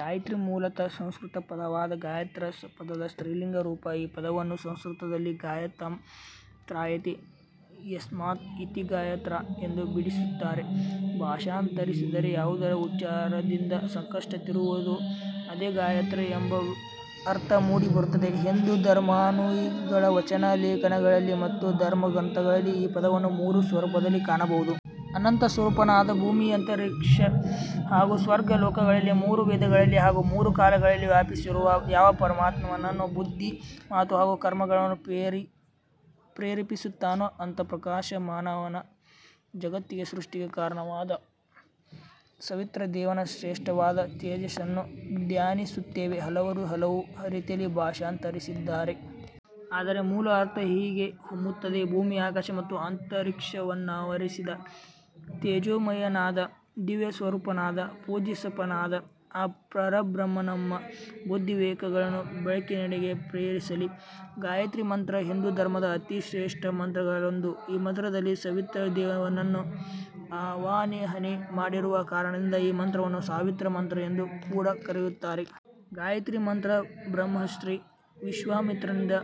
ಗಾಯತ್ರಿ ಮೂಲತಃ ಸಂಸ್ಕೃತ ಪದವಾದ ಗಾಯತ್ರ ಪದದ ಸ್ತ್ರೀಲಿಂಗ ರೂಪ. ಈ ಪದವನ್ನು ಸಂಸ್ಕೃತದಲ್ಲಿ ಗಾಯಂತಮ್ ತ್ರಾಯತೇ ಯಸ್ಮಾತ್ ಇತಿ ಗಾಯತ್ರಾ ಎಂದು ಬಿಡಿಸುತ್ತಾರೆ. ಭಾಷಾಂತರಿಸಿದರೆ ಯಾವುದರ ಉಚ್ಚಾರದಿಂದ ಸಂಕಷ್ಟ ತೀರುವುದೊ ಅದೆ ಗಾಯತ್ರ ಎಂಬ ಅರ್ಥ ಮೂಡಿ ಬರುತ್ತದೆ. ಹಿಂದೂ ಧರ್ಮಾನುಯಾಯಿಗಳ ವಚನ ಲೇಖನಗಳಲ್ಲಿ ಮತ್ತು ಧರ್ಮ ಗ್ರಂಥಗಳಲ್ಲಿ ಈ ಪದವನ್ನು ಮೂರು ಸ್ವರೂಪದಲ್ಲಿ ಕಾಣಬಹುದು. ಅನಂತ ಸ್ವರೂಪನಾದ ಭೂಮಿ, ಅಂತರಿಕ್ಷ ಹಾಗೂ ಸ್ವರ್ಗ ಲೋಕಗಳಲ್ಲಿ ಮೂರು ವೇದಗಳಲ್ಲಿ ಹಾಗೂ ಮೂರು ಕಾಲಗಳಲ್ಲಿ ವ್ಯಾಪಿಸಿರುವ ಯಾವ ಪರಮಾತ್ಮನನ್ನು ಬುದ್ಧಿ, ಮಾತು ಹಾಗೂ ಕರ್ಮಗಳನ್ನು ಪ್ರೇರೇಪಿಸುತ್ತಾನೋ ಅಂಥ ಪ್ರಕಾಶ ಮಾನವಾದ ಜಗತ್ತಿನ ಸೃಷ್ಟಿಗೆ ಕಾರಣನಾದ ಸವಿತೃ ದೇವನ ಶ್ರೇಷ್ಠವಾದ ತೇಜಸ್ಸನ್ನು ಧ್ಯಾನಿಸುತ್ತೇವೆ. ಹಲವರು ಹಲವು ರೀತಿಯಲ್ಲಿ ಭಾಷಾಂತರಿಸಿದ್ದಾರೆ. ಆದರೆ ಮೂಲ ಅರ್ಥ ಹೀಗೆ ಹೊಮ್ಮುತ್ತದೆ. ಭೂಮಿ ಆಕಾಶ ಮತ್ತು ಅಂತರಿಕ್ಷವನ್ನಾವರಿಸಿದ ತೇಜೋಮಯನಾದ, ದಿವ್ಯ ಸ್ವರೂಪನಾದ, ಪೂಜಿಪನಾದ ಆ ಪರಬ್ರಹ್ಮನಮ್ಮ ಬುದ್ಧಿ ವಿವೇಕಗಳನ್ನು ಬೆಳಕಿನೆಡೆಗೆ ಪ್ರೇರಿಸಲಿ *ಗಾಯತ್ರೀ ಮಂತ್ರ ಹಿಂದೂ ಧರ್ಮದ ಅತಿ ಶ್ರೇಷ್ಠ ಮಂತ್ರಗಳಲ್ಲೊಂದು. ಈ ಮಂತ್ರದಲ್ಲಿ ಸವಿತೃ ದೇವನನ್ನು ಆವಾಹನೆ ಮಾಡಿರುವ ಕಾರಣದಿಂದ, ಈ ಮಂತ್ರವನ್ನು ಸಾವಿತ್ರ ಮಂತ್ರ ಎಂದು ಕೂಡ ಕರೆಯುತ್ತಾರೆ. ಗಾಯತ್ರೀ ಮಂತ್ರ ಬ್ರಹ್ಮರ್ಷಿ ವಿಶ್ವಾಮಿತ್ರನಿಂದ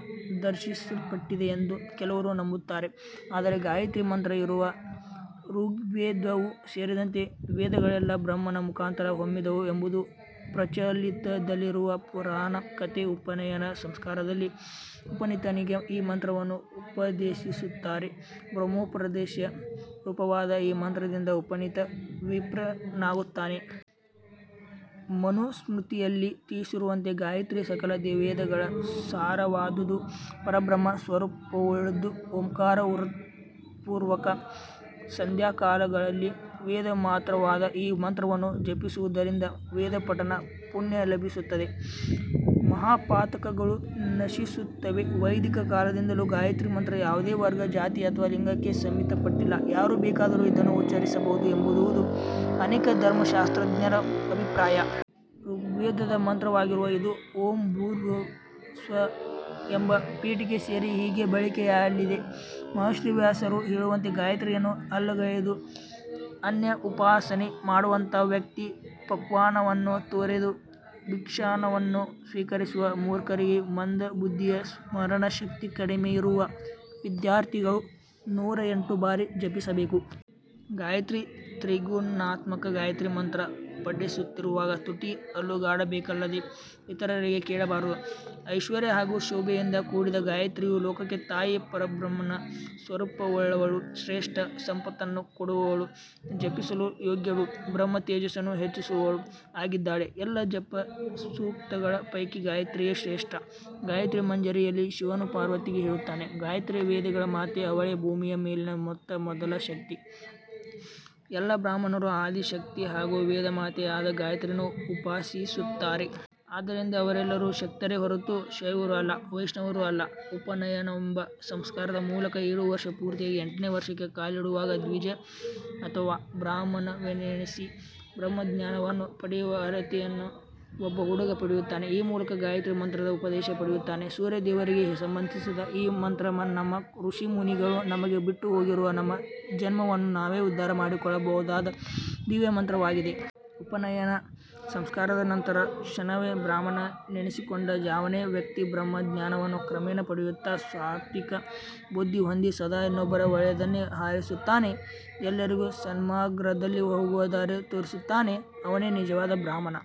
ದರ್ಶಿಸಲ್ಪಟ್ಟಿದೆ ಎಂದು ಕೆಲವರು ನಂಬುತ್ತಾರೆ. ಆದರೆ ಗಾಯತ್ರೀ ಮಂತ್ರ ಇರುವ ಋಗ್ವೇದವೂ ಸೇರಿದಂತೆ, ವೇದಗಳೆಲ್ಲ ಬ್ರಹ್ಮನ ಮುಖಾಂತರ ಹೊಮ್ಮಿದವು ಎಂಬುದು ಪ್ರಚಲಿತದಲ್ಲಿರುವ ಪುರಾಣ ಕಥೆ. *ಉಪನಯನ ಸಂಸ್ಕಾರದಲ್ಲಿ ಉಪನೀತನಿಗೆ ಈ ಮಂತ್ರವನ್ನು ಉಪದೇಶಿಸುತ್ತಾರೆ. ಬ್ರಹ್ಮೋಪದೇಶ ರೂಪವಾದ ಈ ಮಂತ್ರದಿಂದ ಉಪನೀತ ವಿಪ್ರನಾಗುತ್ತಾನೆ. ಮನುಸ್ಮೃತಿಯಲ್ಲಿ ತಿಳಿಸಿರುವಂತೆ ಗಾಯತ್ರಿ ಸಕಲ ವೇದಗಳ ಸಾರವಾದುದು, ಪರಬ್ರಹ್ಮ ಸ್ವರೂಪವುಳ್ಳದ್ದು. ಓಂಕಾರಪುರ್ವಕ ಸಂಧ್ಯಾಕಾಲಗಳಲ್ಲಿ ವೇದಮಾತೃವಾದ ಈ ಮಂತ್ರವನ್ನು ಜಪಿಸುವುದರಿಂದ ವೇದಪಠನ ಪುಣ್ಯ ಲಭಿಸುತ್ತದೆ, ಮಹಾಪಾತಕಗಳು ನಶಿಸುತ್ತವೆ. *ವೈದಿಕ ಕಾಲದಿಂದಲೂ ಗಾಯತ್ರಿ ಮಂತ್ರ ಯಾವುದೆ ವರ್ಗ, ಜಾತಿ ಅಥವಾ ಲಿಂಗಕ್ಕೆ ಸೀಮಿತಪಟ್ಟಿಲ್ಲ ಯಾರು ಬೇಕಾದರು ಇದನ್ನು ಉಚ್ಚರಿಸಬಹುದು ಎಂಬುವುದು ಅನೇಕ ಧರ್ಮಶಾಸ್ತ್ರಜ್ಞರ ಅಭಿಪ್ರಾಯ. ಋಗ್ವೇದದದ ಮಂತ್ರವಾಗಿರುವ ಇದು, "ಓಂ ಭೂರ್ಭುವಃ ಸ್ವಃ" ಎಂಬ ಪೀಠಿಕೆ ಸೇರಿ ಹೀಗೆ ಬಳಕೆಯಲ್ಲಿದೆ. ಮಹರ್ಷಿ ವ್ಯಾಸರು ಹೇಳುವಂತೆ ಗಾಯತ್ರಿಯನ್ನು ಅಲ್ಲಗಳೆದು ಅನ್ಯ ಉಪಾಸನೆ ಮಾಡುವಂಥ ವ್ಯಕ್ತಿ ಪಕ್ವಾನ್ನವನ್ನು ತೊರೆದು ಭಿಕ್ಷಾನ್ನವನ್ನು ಸ್ವೀಕರಿಸುವ ಮೂರ್ಖರಿಗೆ ಮಂದ ಬುದ್ಧಿಯ ಸ್ಮರಣ ಶಕ್ತಿ ಕಡಿಮೆ ಇರುವ ವಿದ್ಯಾರ್ಥಿಗಳು ನೂರ ಎಂಟು ಬಾರಿ ಜಪಿಸಬೇಕು. ಗಾಯತ್ರಿ ತ್ರಿಗುಣಾತ್ಮಕ ಗಾಯತ್ರಿ ಮಂತ್ರ ಪಠಿಸುತ್ತಿರುವಾಗ ತುಟಿ ಅಲುಗಾಡಬೇಕಲ್ಲದೆ ಇತರರಿಗೆ ಕೇಳಬಾರದು. *ಐಶ್ವರ್ಯ ಹಾಗೂ ಶೋಭೆಯಿಂದ ಕೂಡಿದ ಗಾಯತ್ರಿಯು ಲೋಕಕ್ಕೆ ತಾಯಿ. ಪರಬ್ರಹ್ಮನ ಸ್ವರೂಪವುಳ್ಳವಳು, ಶ್ರೇಷ್ಠ ಸಂಪತ್ತನ್ನು ಕೊಡುವವಳು, ಜಪಿಸಲು ಯೋಗ್ಯಳು, ಬ್ರಹ್ಮತೇಜಸ್ಸನ್ನು ಹೆಚ್ಚಿಸುವವಳು ಆಗಿದ್ದಾಳೆ. ಎಲ್ಲ ಜಪಸೂಕ್ತಗಳ ಪೈಕಿ ಗಾಯತ್ರಿಯೇ ಶ್ರೇಷ್ಠ. ಗಾಯತ್ರಿ ಮಂಜರಿಯಲ್ಲಿ ಶಿವನು ಪಾರ್ವತಿಗೆ ಹೇಳುತ್ತಾನೆ ಗಾಯತ್ರಿಯು ವೇದಗಳ ಮಾತೆ ಅವಳೇ ಭೂಮಿಯ ಮೇಲಿನ ಮೊತ್ತ ಮೊದಲ ಶಕ್ತಿ, ಎಲ್ಲಾ ಬ್ರಾಹ್ಮಣರು ಆದಿ ಶಕ್ತಿ ಹಾಗೂ ವೇದಮಾತೆಯಾದ ಗಾಯತ್ರಿಯನ್ನು ಉಪಾಸಿಸುತ್ತಾರೆ. ಆದ್ದರಿಂದ ಅವರೆಲ್ಲರೂ ಶಕ್ತರೇ ಹೊರತು ಶೈವರೂ ಅಲ್ಲ ವೈಷ್ಣವರೂ ಅಲ್ಲ. ಉಪನಯನವೆಂಬ ಸಂಸ್ಕಾರದ ಮೂಲಕ ಏಳು ವರ್ಷ ಪೂರ್ತಿಯಾಗಿ ಎಂಟನೇ ವರ್ಷಕ್ಕೆ ಕಾಲಿಡುವಾಗ ದ್ವಿಜ ಅಥವಾ ಬ್ರಾಹ್ಮಣನೆನಿಸಿ ಬ್ರಹ್ಮಜ್ಞಾನವನ್ನು ಪಡೆಯುವ ಅರ್ಹತೆಯನ್ನು ಒಬ್ಬ ಹುಡುಗ ಪಡೆಯುತ್ತಾನೆ. ಈ ಮೂಲಕ ಗಾಯತ್ರಿ ಮಂತ್ರದ ಉಪದೇಶ ಪಡೆಯುತ್ತಾನೆ. ಸೂರ್ಯ ದೇವರಿಗೆ ಸಂಬಂಧಿಸಿದ ಈ ಮಂತ್ರ ನಮ್ಮ ಋಷಿಮುನಿಗಳು ನಮಗೆ ಬಿಟ್ಟು ಹೋಗಿರುವ ನಮ್ಮ ಜನ್ಮವನ್ನು ನಾವೇ ಉದ್ಧಾರ ಮಾಡಿಕೊಳ್ಳಬಹುದಾದ ದಿವ್ಯಮಂತ್ರವಾಗಿದೆ. ಉಪನಯನ ಸಂಸ್ಕಾರದ ನಂತರದ ಕ್ಷಣವೇ ಬ್ರಾಹ್ಮಣನೆನಿಸಿಕೊಂಡ ಯಾವನೇ ವ್ಯಕ್ತಿ ಬ್ರಹ್ಮಜ್ಞಾನವನ್ನು ಕ್ರಮೇಣ ಪಡೆಯುತ್ತಾ, ಸಾತ್ವಿಕ ಬುದ್ಧಿ ಹೊಂದಿ ಸದಾ ಇನ್ನೊಬ್ಬರ ಒಳ್ಳೆಯದನ್ನೇ ಹಾರೈಸುತ್ತಾನೆ. ಎಲ್ಲರಿಗೂ ಸನ್ಮಾರ್ಗದಲ್ಲಿ ಹೋಗುವ ದಾರಿ ತೋರಿಸುತ್ತಾನೆ. ಅವನೇ ನಿಜವಾದ ಬ್ರಾಹ್ಮಣ.